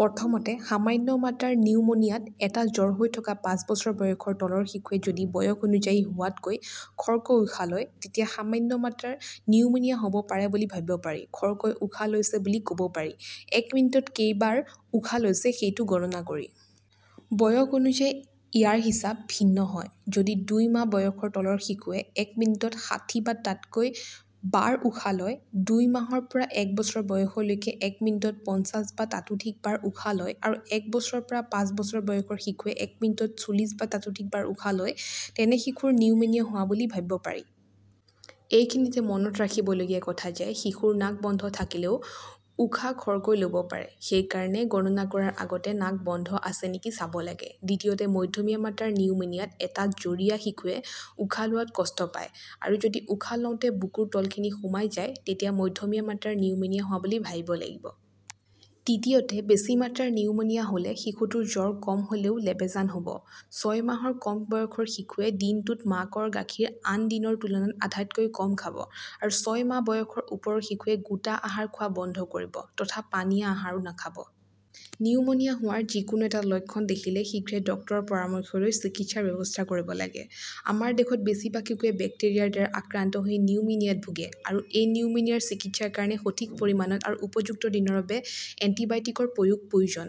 প্ৰথমতে, সামান্য মাত্ৰাৰ নিউমোনিয়াত এটা জ্বৰ হৈ থকা পাঁচ বছৰ বয়সৰ তলৰ শিশুৱে যদি বয়স অনুযায়ী হোৱাতকৈ খৰকৈ উশাহ লয়, তেতিয়া সামান্য মাত্ৰাৰ নিউমোনিয়া হ'ব পাৰে বুলি ভাবিব পাৰি। খৰকৈ উশাহ লৈছে বুলি ক'ব পাৰি এক মিনিটত কেইবাৰ উশাহ লৈছে সেইটো গণনা কৰি। বয়স অনুযায়ী ইয়াৰ হিচাপ ভিন্ন হয়। যদি দুই মাহ বয়সৰ তলৰ শিশুৱে এক মিনিটত ষাঠি বা ততোধিক বাৰ উশাহ লয়, দুই মাহৰ পৰা এক বছৰ বয়সলৈ এক মিনিটত পঞ্চাশ বা ততোধিক বাৰ উশাহ লয় আৰু এক বছৰৰ পৰা পাঁচ বছৰ বয়সৰ শিশুৱে এক মিনিটত চল্লিছ বা ততোধিক বাৰ উশাহ লয়, তেনে শিশুৰ নিউমোনিয়া হোৱা বুলি ভাবিব পাৰি। এইখিনিতে মনত ৰাখিবলগীয়া কথা যে শিশুৰ নাক বন্ধ থাকলেও উশাহ খৰকৈ ল'ব পাৰে, সেইকাৰণে গণনা কৰাৰ আগতে নাক বন্ধ আছে নেকি চাব লাগে। দ্বিতীয়তে, মধ্যমীয়া মাত্ৰাৰ নিউমোনিয়াত এটা জ্বৰীয়া শিশুৱে উশাহ লোৱাত কষ্ট পায় আৰু যদি উশাহ লওঁতে বুকুৰ তলখিনি সোমাই যায়, তেতিয়া মধ্যমীয়া মাত্ৰাৰ নিউমোনিয়া হোৱা বুলি ভাবিব লাগিব। তৃতীয়তে, বেছি মাত্ৰাৰ নিউমোনিয়া হ'লে শিশুটোৰ জ্বৰ কম হ'লেও লেবেজান হ'ব। ছয় মাহৰ কম বয়সৰ শিশুৱে দিনটোত মাকৰ গাখীৰ আন দিনৰ তুলনাত আধাতকৈ কম খাব আৰু ছয় মাহ বয়সৰ ওপৰৰ শিশুৱে গোটা আহাৰ খোৱা বন্ধ কৰিব তথা পনীয়া আহাৰো নাখাব। নিউমোনিয়া হোৱাৰ যিকোনো এটা লক্ষণ দেখিলে শীঘ্ৰে ডাক্তৰৰ পৰামৰ্শ লৈ চিকিৎসাৰ ব্যৱস্থা কৰিব লাগিব। আমাৰ দেশত বেছিভাগ শিশু বেক্টেৰিয়াৰ দ্বাৰা আক্ৰান্ত হৈ নিউমোনিয়াত ভোগে আৰু এই নিউমোনিয়াৰ চিকিৎসাৰ কাৰণে সঠিক পৰিমাণত আৰু উপযুক্ত দিনৰ বাবে এন্টিবায়'টিকৰ প্ৰয়োগ প্ৰয়োজন।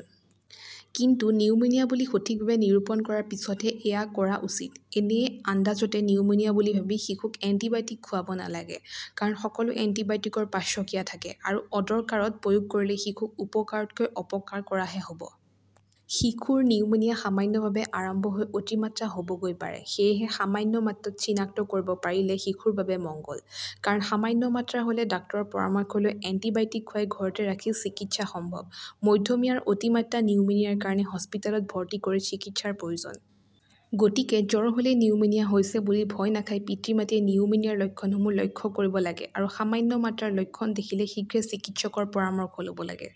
কিন্তু নিউমোনিয়া বুলি সঠিকভাৱে নিৰূপণ কৰাৰ পিছতহে এইয়া কৰা উচিত। এনেয়ে আন্দাজতে নিউমোনিয়া বুলি ভাবি শিশুক এন্টিবায়'টিক খুৱাব নালাগে, কাৰণ সকলো এন্টিবায়'টিকৰ পাৰ্শ্বক্ৰিয়া থাকে আৰু অদৰকাৰত প্ৰয়োগ কৰিলে শিশুক উপকাৰতকৈ অপকাৰ কৰাহে হ'ব। শিশুৰ নিউমোনিয়া সামান্যভাৱে আৰম্ভ হৈ অতিমাত্ৰা হ'বগৈ পাৰে। সেয়েহে সামান্য মাত্ৰাত চিনাক্ত কৰিব পাৰিলে শিশুৰ বাবে মঙ্গল, কাৰণ সামান্য মাত্ৰাৰ হ'লে ডাক্তৰৰ পৰামৰ্শ লৈ এন্টিবায়'টিক খুৱাই ঘৰতে ৰাখি চিকিৎসা সম্ভৱ। মধ্যমীয়া আৰু অতিমাত্ৰা নিউমোনিয়াৰ কাৰণে হস্পিটেলত ভৰ্তি কৰি চিকিৎসাৰ প্ৰয়োজন। গতিকে জ্বৰ হ'লেই নিউমোনিয়া হৈছে নেকি বুলি ভয় নাখাই পিতৃ-মাতৃয়ে নিউমোনিয়াৰ লক্ষণসমূহ লক্ষ্য কৰিব লাগে আৰু সামান্য মাত্ৰাৰ লক্ষণ দেখিলে শীঘ্ৰে চিকিৎসকৰ পৰামৰ্শ ল'ব লাগে।